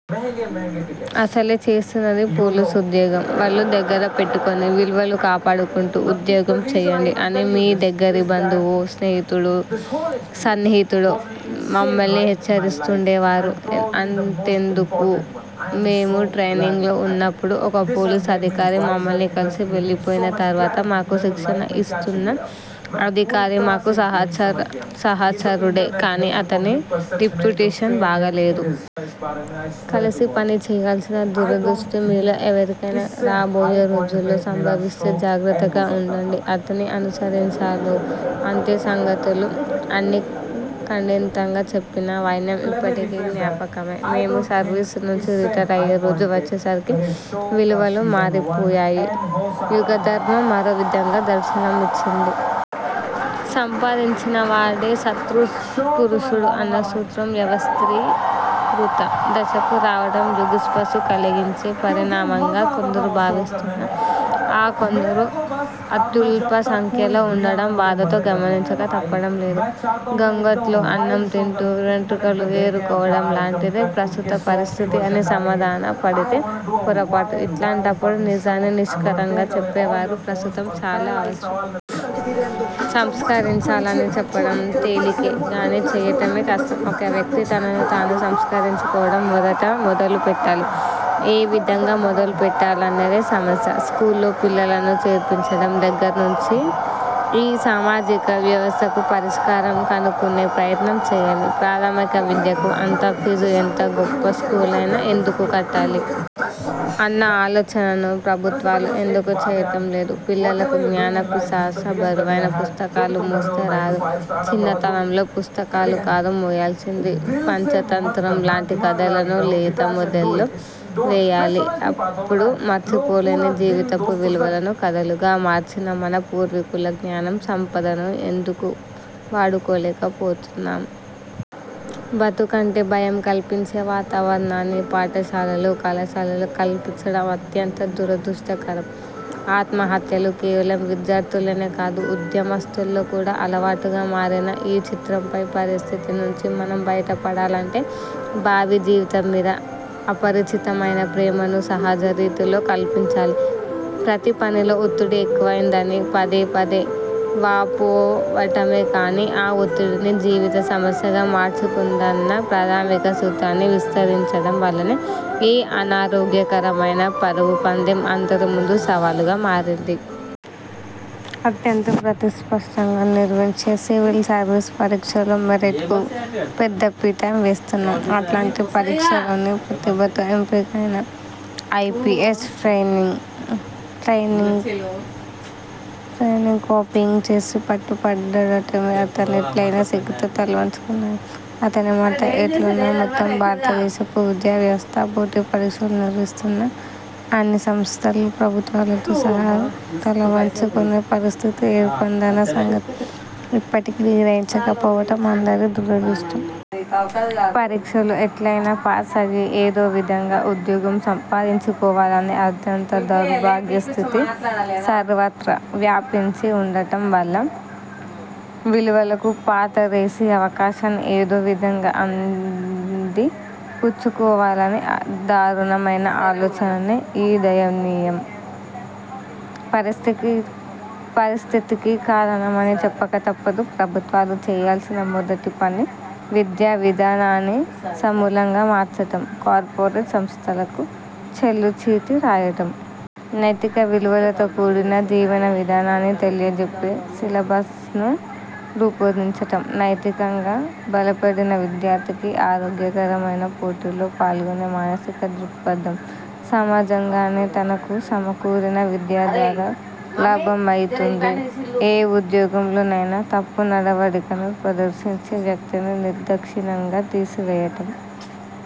అసలే చేస్తున్నది పోలీసు ఉద్యోగం! వళ్ళు దగ్గర పెట్టుకొని, విలువలు కాపాడుకుంటూ ఉద్యోగం చేయండి' అని మి దగ్గరి బంధువు, స్నేహితుడో, సన్నిహితుడో మమ్మల్ని హెచ్చరిస్తూండేవారు. అంతెందుకు! మేము ట్రయినింగ్లో వున్నప్పుడు ఒక పోలీసు అధికారి మమ్మల్ని కలిసి వెళ్ళిపోయిన తర్వాత, మాకు శిక్షణ యిస్తున్న అధికారి – 'నాకు సహచరుడే కానీ అతని రిప్యుటేషన్ బాగాలేదు. కలిసి పనిచేయాల్సిన దురదృష్టం మీలో ఎవరికైనా రాబోయే రోజుల్లో సంభవిస్తే జాగ్రత్తగా వుండండి – అతన్ని అనుసరించారో అంతే సంగతులు' అని ఖండితంగా చెప్పిన వైనం యిప్పటికీ జ్ఞాపకమే! మేము సర్వీసు నుంచి రిటైర్ అయ్యే రోజు వచ్చేసరికి విలువలు మారిపోయాయి. యుగధర్మం మరోవిధంగా దర్శనమిచ్చింది. సంపాదించినవాడే సత్పురుషుడు అన్నసూత్రం వ్యవస్థీకృత దశకు రావటం జుగుప్సను కలిగించే పరిణామంగా కొందరు భావిస్తున్నా, ఆ కొందరు అత్యల్ప సంఖ్యలో వుండటం బాధతో గమనించక తప్పటం లేదు. గొంగట్లో అన్నం తింటూ వెంట్రుకలు ఏరుకోవటం లాంటిదే ప్రస్తుత పరిస్థితి అని సమాధానపడితే పొరపాటు. ఇలాంటప్పుడే నిజాన్ని నిష్కర్షగా చెప్పేవారు ప్రస్తుతం చాలా అవసరం. సంస్కరించాలని చెప్పటం తేలికే గానీ చేయటమే కష్టం. ఒక వ్యక్తి తనను తాను సంస్కరించుకోవటం మొదట మొదలుపెట్టాలి. ఏవిధంగా మొదలుపెట్టాలన్నదే సమస్య! స్కూల్లో పిల్లలను చేర్పించటం దగ్గర్నుంచి యీ సామాజిక సమస్యకు పరిష్కారం కనుక్కునే ప్రయత్నం చేయాలి. ప్రాథమిక విద్యకు అంత ఫీజు ఎంత గొప్ప స్కూలైనా ఎందుకు కట్టాలి? అన్న ఆలోచనను ప్రభుత్వాలు ఎందుకు చేయటం లేదు? పిల్లలకు జ్ఞాన పిపాస బరువైన పుస్తకాలు మోస్తే రాదు. చిన్నతనంలో పుస్తకాలు కాదు మోయాల్సింది పంచతంత్రం లాంటి కథలను లేత మెదళ్ళు మోయాలి. ఎప్పుడూ మరిచిపోలేని జీవితపు విలువలను కథలుగా మార్చిన మన పూర్వీకుల జ్ఞాన సంపదను ఎందుకు వాడుకోలేకపోతున్నాం? బ్రతుకంటే భయం కల్పించే వాతావరణాన్ని పాఠశాలలు, కళాశాలలు కల్పించటం అత్యంత దురదృష్టకరం. ఆత్మహత్యలు కేవలం విద్యార్థుల్లోనే కాదు ఉద్యోగస్థుల్లో కూడా అలవాటుగా మారిన యీ చిత్రమైన పరిస్థితి నుంచి మనం బయటపడాలంటే భావి జీవితం మీద అపరిమితమైన ప్రేమను సహజ రీతిలో కల్పించాలి. ప్రతి పనిలో ఒత్తిడి ఎక్కువయిందని పదే పదే వాపోవటమే కానీ, ఆ ఒత్తిడిని జీవిత సమస్యగా మార్చకూడదన్న ప్రాథమిక సూత్రాన్ని విస్మరించటం వల్లనే యీ అనారోగ్యకరమైన పరుగుపందెం అందరి ముందూ సవాలుగా మారింది. అత్యంత ప్రతిష్ఠాత్మకంగా నిర్వహించే సివిల్ సర్వీస్ పరీక్షల్లో 'మెరిట్'కు పెద్దపీట వేస్తున్నాం. అలాంటి పరీక్షలోనే ప్రతిభతో ఎంపికయిన ఐపీఎస్ ట్రయినీ కాపీయింగ్ చేసి పట్టుపడ్డాడంటే అతనెట్లయినా సిగ్గుతో తలవంచుకుంటాడు. అతని మాట ఎట్లున్నా, మొత్తం భారతదేశపు విద్యా వ్యవస్థ, పోటీ పరీక్షలు నిర్వహిస్తున్న అన్ని సంస్థలూ, ప్రభుత్వాలతో సహా తలవంచుకొనే పరిస్థితి ఏర్పడిందన్న సంగతి యిప్పటికీ గ్రహించక పోవటం అందరి దురదృష్టం. పరీక్షలు ఎట్లైనా ప్యాసయ్యి ఏదో విధంగా ఉద్యోగం సంపాదించుకోవాలనే అత్యంత దౌర్భాగ్యస్థితి సర్వత్రా వ్యాపించి వుండటం వల్ల, విలువలకు పాతరేసి అవకాశాన్ని ఏదోవిధంగా అంది పుచ్చుకోవాలనే దారుణమైన ఆలోచనే యీ దయనీయ పరిస్థితికి కారణమని చెప్పక తప్పదు. ప్రభుత్వాలు చేయాల్సిన మొదటి పని విద్యావిధానాన్ని సమూలంగా మార్చటం, కార్పొరేట్ సంస్థలకు చెల్లుచీటీ రాయటం. నైతిక విలువలతో కూడిన జీవన విధానాన్ని తెలియజెప్పే సిలబస్ను రూపొందించటం; నైతికంగా బలపడిన విద్యార్థికి ఆరోగ్యకరమైన పోటీలో పాల్గొనే మానసిక దృక్పథం సహజంగానే తనకు సమకూరిన విద్య ద్వారా లభ్యమవుతుంది. ఏ ఉద్యోగంలోనైనా తప్పు నడవడికను ప్రదర్శించిన వ్యక్తిని నిర్దాక్షిణ్యంగా తీసివేయటం,